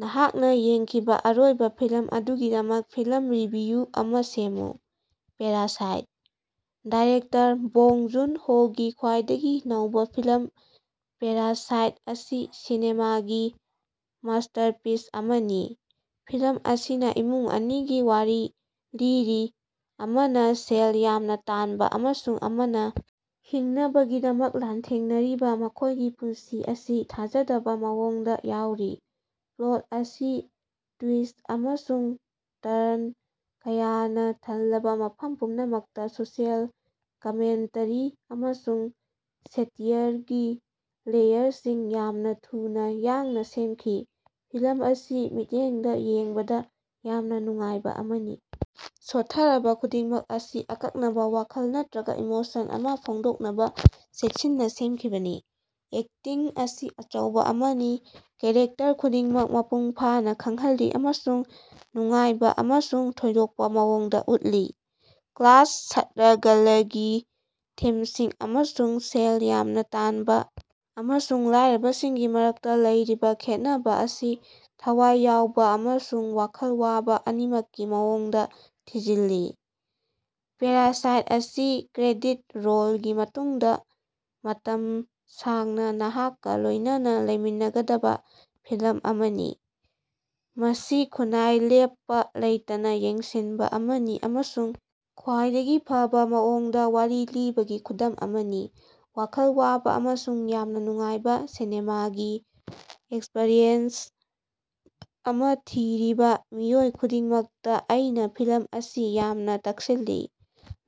ꯅꯍꯥꯛꯅꯥ ꯌꯦꯡꯈꯤꯕꯥ ꯑꯔꯣꯏꯕꯥ ꯐꯤꯂꯝ ꯑꯗꯨꯒꯤꯗꯃꯛ ꯐꯤꯂꯝ ꯔꯤꯚꯤꯌꯨ ꯑꯃꯥ ꯁꯦꯝꯃꯨ꯫ ꯄꯦꯔꯥꯁꯥꯏꯠ꯫ ꯗꯥꯏꯔꯦꯛꯇꯔ ꯕꯣꯡ ꯖꯨꯟ-ꯍꯣꯒꯤ ꯈ꯭ꯋꯥꯏꯗꯒꯤ ꯅꯧꯕꯥ ꯐꯤꯂꯝ ꯄꯦꯔꯥꯁꯥꯏꯠ ꯑꯁꯤ ꯁꯤꯅꯦꯃꯥꯒꯤ ꯃꯥꯁ꯭ꯇꯔꯄꯤꯁ ꯑꯃꯅꯤ꯫ ꯐꯤꯂꯝ ꯑꯁꯤꯅ ꯏꯃꯨꯡ ꯑꯅꯤꯒꯤ ꯋꯥꯔꯤ ꯂꯤꯔꯤ ꯑꯃꯅ ꯁꯦꯜ ꯌꯥꯝꯅ ꯇꯥꯟꯕ ꯑꯃꯁꯨꯡ ꯑꯃꯅ ꯍꯤꯡꯅꯕꯒꯤꯗꯃꯛ ꯂꯥꯟꯊꯦꯡꯅꯔꯤꯕ ꯃꯈꯣꯢꯒꯤ ꯄꯨꯟꯁꯤ ꯑꯁꯤ ꯊꯥꯖꯗꯕ ꯃꯑꯣꯡꯗ ꯌꯥꯎꯔꯤ꯫ ꯄ꯭ꯂꯣꯠ ꯑꯁꯤ ꯇ꯭ꯌꯨꯏꯁ ꯑꯃꯁꯨꯡ ꯇꯔꯟ ꯀꯌꯥꯅ ꯊꯜꯂꯕ ꯃꯐꯝ ꯄꯨꯝꯅꯃꯛꯇ ꯁꯣꯁꯤꯌꯦꯜ ꯀꯃꯦꯟꯇꯔꯤ ꯑꯃꯁꯨꯡ ꯁꯦꯇꯤꯌꯔꯒꯤ ꯂꯦꯌꯔꯁꯤꯡ ꯌꯥꯝꯅꯥ ꯊꯨꯅꯥ ꯌꯥꯡꯅꯥ ꯁꯦꯝꯈꯤ꯫ ꯐꯤꯂꯝ ꯑꯁꯤ ꯃꯤꯠꯌꯦꯡꯗ ꯌꯦꯡꯕꯗ ꯌꯥꯝꯅ ꯅꯨꯡꯉꯥꯏꯕ ꯑꯃꯅꯤ ꯁꯣꯠꯊꯔꯕ ꯈꯨꯗꯤꯡꯃꯛ ꯑꯁꯤ ꯑꯀꯛꯅꯕ ꯋꯥꯈꯜ ꯅꯠꯇ꯭ꯔꯒ ꯏꯃꯣꯁꯟ ꯑꯃ ꯐꯣꯡꯗꯣꯛꯅꯕ ꯆꯦꯛꯁꯤꯟꯅꯥ ꯁꯦꯝꯈꯤꯕꯅꯤ꯫ ꯑꯦꯛꯇꯤꯡ ꯑꯁꯤ ꯑꯆꯧꯕꯥ ꯑꯃꯅꯤ ꯀꯦꯔꯦꯛꯇꯔ ꯈꯨꯗꯤꯡꯃꯛ ꯃꯄꯨꯡ ꯐꯥꯅ ꯈꯪꯍꯜꯂꯤ ꯑꯃꯁꯨꯡ ꯅꯨꯡꯉꯥꯏꯕ ꯑꯃꯁꯨꯡ ꯊꯣꯏꯗꯣꯛꯄ ꯃꯑꯣꯡꯗ ꯎꯠꯂꯤ꯫ ꯀ꯭ꯂꯥꯁ ꯁ꯭ꯠꯔꯒꯂꯒꯤ ꯊꯤꯝꯁꯤꯡ ꯑꯃꯁꯨꯡ ꯁꯦꯜ ꯌꯥꯝꯅ ꯇꯥꯟꯕꯥ ꯑꯃꯁꯨꯡ ꯂꯥꯢꯔꯕꯁꯤꯡꯒꯤ ꯃꯔꯛꯇ ꯂꯩꯔꯤꯕ ꯈꯦꯠꯅꯕ ꯑꯁꯤ ꯊꯋꯥꯏ ꯌꯥꯎꯕ ꯑꯃꯁꯨꯡ ꯋꯥꯈꯜ ꯋꯥꯕ ꯑꯅꯤꯃꯛꯀꯤ ꯃꯑꯣꯡꯗ ꯊꯤꯖꯤꯜꯂꯤ꯫ ꯄꯦꯔꯥꯁꯥꯏꯠ ꯑꯁꯤ ꯀ꯭ꯔꯦꯗꯤꯠ ꯔꯣꯜꯒꯤ ꯃꯇꯨꯡꯗ ꯃꯇꯝ ꯁꯥꯡꯅ ꯅꯍꯥꯛꯀ ꯂꯣꯢꯅꯅꯥ ꯂꯩꯃꯤꯟꯅꯒꯗꯕꯥ ꯐꯤꯂꯝ ꯑꯃꯅꯤ꯫ ꯃꯁꯤ ꯈꯨꯟꯅꯥꯏ ꯂꯦꯞꯄꯥ ꯂꯩꯇꯅꯥ ꯌꯦꯡꯁꯤꯟꯕ ꯑꯃꯅꯤ ꯑꯃꯁꯨꯡ ꯈ꯭ꯋꯥꯏꯗꯒꯤ ꯐꯕ ꯃꯑꯣꯡꯗ ꯋꯥꯔꯤ ꯂꯤꯕꯒꯤ ꯈꯨꯗꯝ ꯑꯃꯅꯤ꯫ ꯋꯥꯈꯜ ꯋꯥꯕ ꯑꯃꯁꯨꯡ ꯌꯥꯝꯅ ꯅꯨꯡꯉꯥꯏꯕ ꯁꯤꯅꯦꯃꯥꯒꯤ ꯑꯦꯛꯁꯄꯔꯤꯌꯦꯟꯁ ꯑꯃ ꯊꯤꯔꯤꯕꯥ ꯃꯤꯑꯣꯏ ꯈꯨꯗꯤꯡꯃꯛꯇ ꯑꯩꯅꯥ ꯐꯤꯂꯝ ꯑꯁꯤ ꯌꯥꯝꯅ ꯇꯛꯁꯤꯜꯂꯤ꯫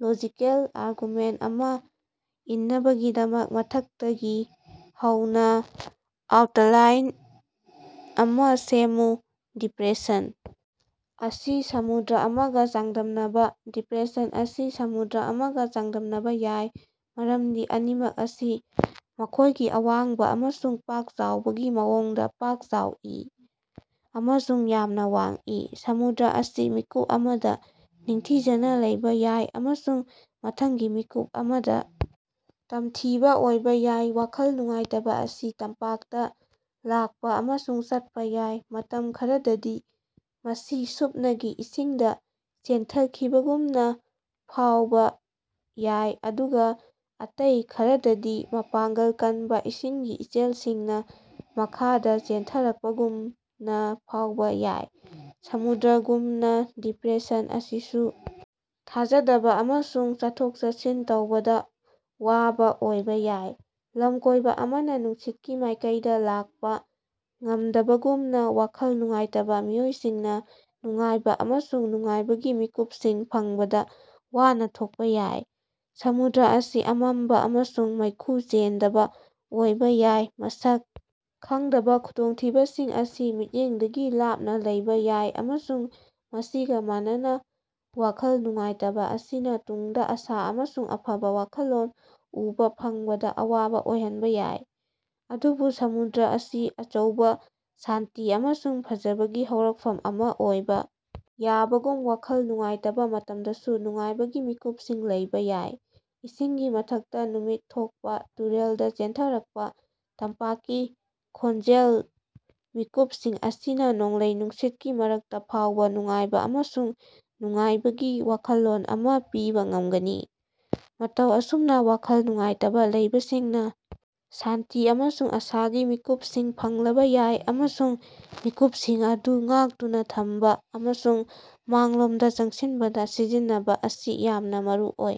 ꯂꯣꯖꯤꯀꯦꯜ ꯑꯥꯔꯒꯨꯃꯦꯟꯇ ꯑꯃ ꯏꯟꯕꯒꯤꯗꯃꯛ ꯃꯊꯛꯇꯒꯤ ꯍꯧꯅꯥ ꯑꯥꯎꯇꯂꯥꯏꯟ ꯑꯃꯥ ꯁꯦꯝꯃꯨ꯫ ꯗꯤꯄ꯭ꯔꯦꯁꯟ ꯑꯁꯤ ꯁꯃꯨꯗ꯭ꯔ ꯑꯃꯒ ꯆꯥꯡꯗꯝꯅꯕꯥ꯫ ꯗꯤꯄ꯭ꯔꯦꯁꯟ ꯑꯁꯤ ꯁꯃꯨꯗ꯭ꯔ ꯑꯃꯒ ꯆꯥꯡꯗꯝꯅꯕꯥ ꯌꯥꯏ ꯃꯔꯝꯗꯤ ꯑꯅꯤꯃꯛ ꯑꯁꯤ ꯃꯈꯣꯢꯒꯤ ꯑꯋꯥꯡꯕꯥ ꯑꯃꯁꯨꯡ ꯄꯥꯛ-ꯆꯥꯎꯕꯒꯤ ꯃꯑꯣꯡꯗ ꯄꯥꯛ-ꯆꯥꯎꯏ ꯑꯃꯁꯨꯡ ꯌꯥꯝꯅꯥ ꯋꯥꯡꯏ꯫ ꯁꯃꯨꯗ꯭ꯔ ꯑꯁꯤ ꯃꯤꯀꯨꯞ ꯑꯃꯗ ꯅꯤꯡꯊꯤꯖꯅ ꯂꯩꯕꯥ ꯌꯥꯏ ꯑꯃꯁꯨꯡ ꯃꯊꯪꯒꯤ ꯃꯤꯀꯨꯞ ꯑꯃꯗꯥ ꯇꯝꯊꯤꯕ ꯑꯣꯏꯕꯥ ꯌꯥꯏ ꯋꯥꯈꯜ ꯅꯨꯡꯉꯥꯏꯇꯕ ꯑꯁꯤ ꯇꯝꯄꯥꯛꯇ ꯂꯥꯛꯄ ꯑꯃꯁꯨꯡ ꯆꯠꯄꯥ ꯌꯥꯏ꯫ ꯃꯇꯝ ꯈꯔꯗꯗꯤ ꯃꯁꯤ ꯁꯨꯞꯅꯒꯤ ꯏꯁꯤꯡꯗ ꯆꯦꯟꯊꯈꯤꯕꯒꯨꯝꯅ ꯐꯥꯎꯕ ꯌꯥꯏ ꯑꯗꯨꯒ ꯑꯇꯩ ꯈꯔꯗꯗꯤ ꯃꯄꯥꯡꯒꯜ ꯀꯟꯕ ꯏꯁꯤꯡꯒꯤ ꯏꯆꯦꯜꯁꯤꯡꯅ ꯃꯈꯥꯗ ꯆꯦꯟꯊꯔꯛꯄꯒꯨꯝꯅ ꯐꯥꯎꯕ ꯌꯥꯏ꯫ ꯁꯃꯨꯗ꯭ꯔꯒꯨꯝꯅ ꯗꯤꯄ꯭ꯔꯦꯁꯟ ꯑꯁꯤꯁꯨ ꯊꯥꯖꯗꯕ ꯑꯃꯁꯨꯡ ꯆꯠꯊꯣꯛ-ꯆꯠꯁꯤꯟ ꯇꯧꯕꯗ ꯋꯥꯕ ꯑꯣꯏꯕꯥ ꯌꯥꯏ꯫ ꯂꯝꯀꯣꯢꯕ ꯑꯃꯅ ꯅꯨꯡꯁꯤꯠꯀꯤ ꯃꯥꯏꯀꯩꯗ ꯂꯥꯛꯄ ꯉꯝꯗꯕꯒꯨꯝꯅ ꯋꯥꯈꯜ ꯅꯨꯡꯉꯥꯏꯇꯕ ꯃꯤꯑꯣꯏꯁꯤꯡꯅ ꯅꯨꯡꯉꯥꯏꯕ ꯑꯃꯁꯨꯡ ꯅꯨꯡꯉꯥꯏꯕꯒꯤ ꯃꯤꯀꯨꯞꯁꯤꯡ ꯐꯪꯕꯗ ꯋꯥꯅ ꯊꯣꯛꯄꯥ ꯌꯥꯏ꯫ ꯁꯃꯨꯗ꯭ꯔ ꯑꯁꯤ ꯑꯃꯝꯕ ꯑꯃꯁꯨꯡ ꯃꯩꯈꯨ ꯆꯦꯟꯗꯕ ꯑꯣꯏꯕꯥ ꯌꯥꯏ ꯃꯁꯛ ꯈꯪꯗꯕꯥ ꯈꯨꯗꯣꯡꯊꯤꯕꯁꯤꯡ ꯑꯁꯤ ꯃꯤꯠꯌꯦꯡꯗꯒꯤ ꯂꯥꯞꯅꯥ ꯂꯩꯕꯥ ꯌꯥꯏ ꯑꯃꯁꯨꯡ ꯃꯁꯤꯒꯥ ꯃꯥꯟꯅꯅ ꯋꯥꯈꯜ ꯅꯨꯡꯉꯥꯏꯇꯕꯥ ꯑꯁꯤꯅꯥ ꯇꯨꯡꯗꯥ ꯑꯥꯁꯥ ꯑꯃꯁꯨꯡ ꯑꯐꯕ ꯋꯥꯈꯜꯂꯣꯟ ꯎꯕꯥ ꯐꯪꯕꯗ ꯑꯋꯥꯕ ꯑꯣꯏꯍꯟꯕ ꯌꯥꯏ꯫ ꯑꯗꯨꯕꯨ ꯁꯃꯨꯗ꯭ꯔ ꯑꯁꯤ ꯑꯆꯧꯕ ꯁꯥꯟꯇꯤ ꯑꯃꯁꯨꯡ ꯐꯖꯕꯒꯤ ꯍꯧꯔꯛꯐꯝ ꯑꯃ ꯑꯣꯏꯕ ꯌꯥꯕꯒꯨꯝ ꯋꯥꯈꯜ ꯅꯨꯡꯉꯥꯏꯇꯕ ꯃꯇꯝꯗꯁꯨ ꯅꯨꯡꯉꯥꯏꯕꯒꯤ ꯃꯤꯀꯨꯞꯁꯤꯡ ꯂꯩꯕꯥ ꯌꯥꯏ꯫ ꯏꯁꯤꯡꯒꯤ ꯃꯊꯛꯇ ꯅꯨꯃꯤꯠ ꯊꯣꯛꯄꯥ ꯇꯨꯔꯦꯜꯗ ꯆꯦꯟꯊꯔꯛꯄ ꯇꯝꯄꯥꯛꯀꯤ ꯈꯣꯟꯖꯦꯜ- ꯃꯤꯀꯨꯞꯁꯤꯡ ꯑꯁꯤꯅ ꯅꯣꯡꯂꯩ-ꯅꯨꯡꯁꯤꯠꯀꯤ ꯃꯔꯛꯇ ꯐꯥꯎꯕ ꯅꯨꯡꯉꯥꯏꯕ ꯑꯃꯁꯨꯡ ꯅꯨꯡꯉꯥꯏꯕꯒꯤ ꯋꯥꯈꯜꯂꯣꯟ ꯑꯃꯥ ꯄꯤꯕꯥ ꯉꯝꯒꯅꯤ꯫ ꯃꯇꯧ ꯑꯁꯨꯝꯅꯥ ꯋꯥꯈꯜ ꯅꯨꯡꯉꯥꯏꯇꯕꯥ ꯂꯩꯕꯁꯤꯡꯅꯥ ꯁꯥꯟꯇꯤ ꯑꯃꯁꯨꯡ ꯑꯥꯁꯥꯒꯤ ꯃꯤꯀꯨꯞꯁꯤꯡ ꯐꯪꯂꯕꯥ ꯌꯥꯏ ꯑꯃꯁꯨꯡ ꯃꯤꯀꯨꯞꯁꯤꯡ ꯑꯗꯨ ꯉꯥꯛꯇꯨꯅ ꯊꯝꯕ ꯑꯃꯁꯨꯡ ꯃꯥꯡꯂꯣꯝꯗꯥ ꯆꯪꯁꯤꯟꯕꯗ ꯁꯤꯖꯤꯟꯅꯕ ꯑꯁꯤ ꯌꯥꯝꯅ ꯃꯔꯨꯑꯣꯏ꯫